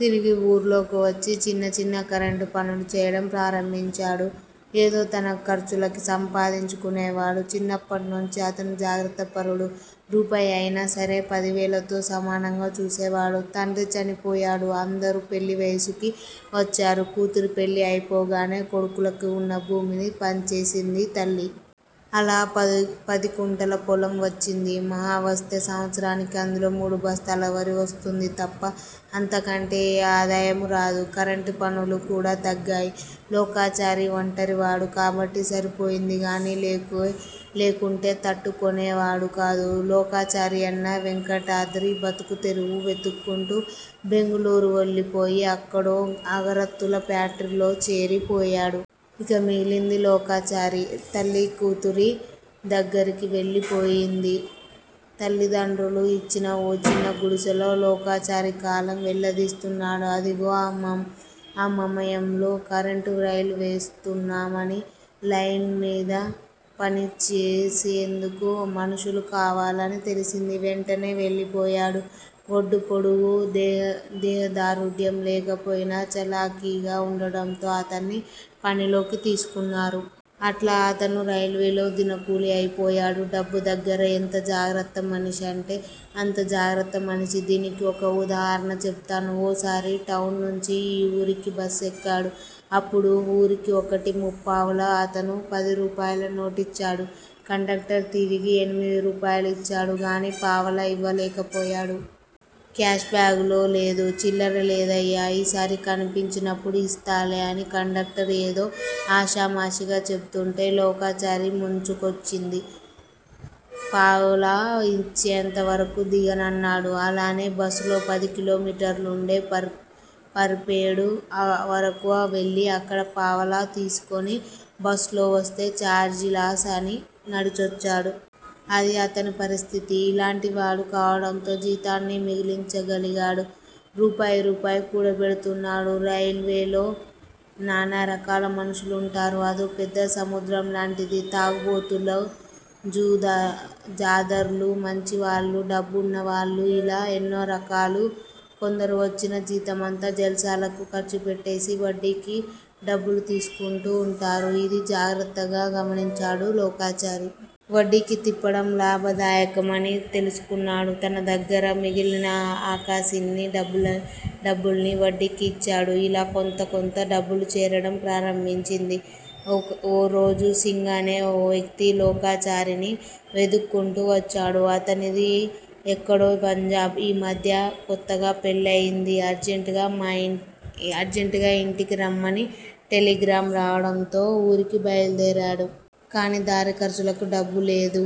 తిరిగి ఊర్లోకివచ్చి చిన్న చిన్న కరెంటుపనులు చేయడం ప్రారంభించాడు. ఏదో తన ఖర్చులకి సంపాందించునేవాడు. చిన్నప్పట్నించీ అతను జాగ్రత్తపరుడు. రూపాయి అయినా సరే పదివేలతో సమానంగా చూసేవాడు. తండ్రి చనిపోయాడు. అందరూ పెళ్ళి వయసుకి వచ్చారు. కూతురి పెళ్ళి అయిపోగానే కొడుకులకి వున్న భూమిని పంచేసింది తల్లి. తలా పదికుంటల పొలం వచ్చింది. మహావస్తే సంవత్సరానకి అందులో మూడు బస్తాల వరి వస్తుంది తప్ప అంతకంటే ఏ ఆదాయమూ రాదు. కరెంటు పనులు కూడా తగ్గాయి. లోకాచారి ఒంటరివాడు కాబట్టి సరిపోయిందిగానీ లేకుంటేతట్టు కునేవాడు కాదు. లోకాచారి అన్న వెంకటాద్రి బతుకుతెరువు వెతుక్కుంటూ బెంగుళూరు వెళ్ళిపోయి అక్కడో ఆగరత్తుల ఫ్యాక్టరీలోచేరి పోయాడు. ఇక మిగిలింది లోకాచారి. తల్లి కూతురి దగ్గిరికి వెళ్ళి పోయింది. తల్లిదండ్రులు ఇచ్చిన ఓ చిన్న గుడిసెలో లోకాచారి కాలం వెళ్ళదీస్తున్నాడు. అదిగో ఆ మమయంలో కరెంట్ రైల్ వేస్తున్నామని, లైన్ మీద పని చేసేందుకు మనుషులు కావాలని తెలిసింది. వెంటనే వెళ్ళిపోయాడు. ఒడ్డూ పొడుగూ, దేహదారుఢ్యం లేకపోయినా చలాకీగా వుండటంతో అతన్ని పనిలోకి తీసుకున్నారు. అట్లా అతను రైల్వేలో దినకూలీ అయిపోయాడు. డబ్బు దగ్గర ఎంత జాగ్రత్తమనిషంటే అంత జాగ్రత్త మనిషి. దీనికీ ఒక ఉదాహరణ చెబుతాను. ఓ సారి టౌన్ నుంచి ఈ వూరికి బస్సెక్కాడు. అప్పుడు వూరికి ఒకటీ ముప్పావలా. అతను పదిరూపాయల నోటిచ్చాడు. కండక్టర్ తిరిగి ఎనిమిది రూపాయలు ఇచ్చాడు గానీ పావలా ఇవ్వలేకపోయాడు. క్యాష్ బాగ్ లో లేదు. చిల్లర లేదయ్యా ఈసారి కనిపించినప్పుడు ఇస్తాలే అని కండక్టర్ ఏదో ఆషామాషీగా చెబుతుంటే లోకాచారికి ముంచుకొచ్చింది. పావలా ఇచ్చేంత వరకు దిగనన్నాడు. అలానే బస్సులో పది కిలోమీటర్లుండే పర్పేడు వరకు వెళ్ళి అక్కడ పావలా తీసుకుని ఒస్ లో వస్తే ఛార్జీ లాస్ అని నడిచొచ్చాడు. అదీ అతని పరిస్థితి. ఇలాంటివాడు కావడంతో జీతాన్ని మిగిలించగలిగాడు. రూపాయి రూపాయి కూడబెటుతున్నాడు. రైల్వేలో నానా రకాల మనుషులుంటారు. అదోపెద్ద సముద్రం లాంటిది. తాగుబోతులూ, జాదర్లు, మంచివాళ్ళు, డబ్బున్నవాళ్ళు- యిలా ఎన్నోరకాలు. కొందరు వచ్చిన జీతమంతా జల్సాలకు ఖర్చుపెట్టేసి వడ్డీకి డబ్బులు తీసుకుంటూవుంటారు. ఇది జాగ్రత్తగా గమనించాడు లోకాచారి. వడ్డీకి తిప్పడం లాభదాయకమని తెలుసుకున్నాడు. తన దగ్గిర మిగిలిన ఆకాసిన్ని డబ్బుల్నీ వడ్డీకిచ్చాడు. ఇలా కొంతకొంత డబ్బుచేరటం ప్రారంభించింది. ఓరోజు సింగ్ అనే ఓ వ్యక్తి లోకాచారిని వెదుక్కుంటూ వచ్చాడు. అతనిది ఎక్కడో పంజాబ్. ఈమధ్య కొత్తగా పెళ్ళయింది అర్జంట్ గా ఇంటికి రమ్మని టెలిగ్రాం రావడంతో వూరికి బయలుదేరాడు. కానీ దారి ఖర్చులకి డబ్బులేదు.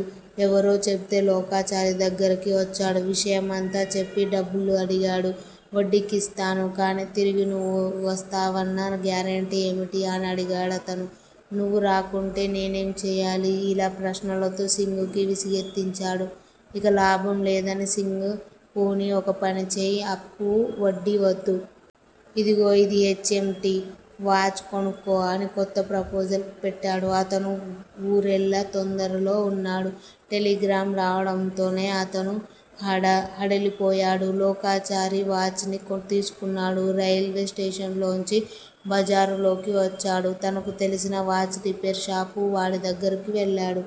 ఎవరో చెబితే లోకాచారి దగ్గిరికి వచ్చాడు. విషయమంతా చెప్పి డబ్బులడిగాడు. వడ్డీకిస్తాను- కానీ తిరిగి నువ్వు వస్తావన్నా గ్యారంటీ ఏమిటి? అనడిగాడతను. నువ్వు రాకుంటే నేనేంచేయాలి? ఇలా ప్రశ్నలతో సింగ్ కి విసుగెత్తించాడు. ఇకలాభం లేదని సింగ్ పోని ఒకపనిచెయ్ అప్పూ వడ్డీవద్దు. ఇదిగో ఇది హెచ్. ఎం. టి. వాచ్ కొనుక్కో అని కొత్త ప్రపోజల్ పెట్టాడు. అతను వూరెళ్ళే తొందరలో వున్నాడు. టెలిగ్రాం రావడంతోనే అతను హడలిపోయాడు. లోకాచారి వాచ్ ని తీసుకున్నాడు. రైల్వే స్టేషన్ లోంచి బజారులోకి వచ్చాడు. తనకు తెలిసిన వాచ్ రిపేరు షాపు వాడి దగ్గరికి వెళ్ళాడు.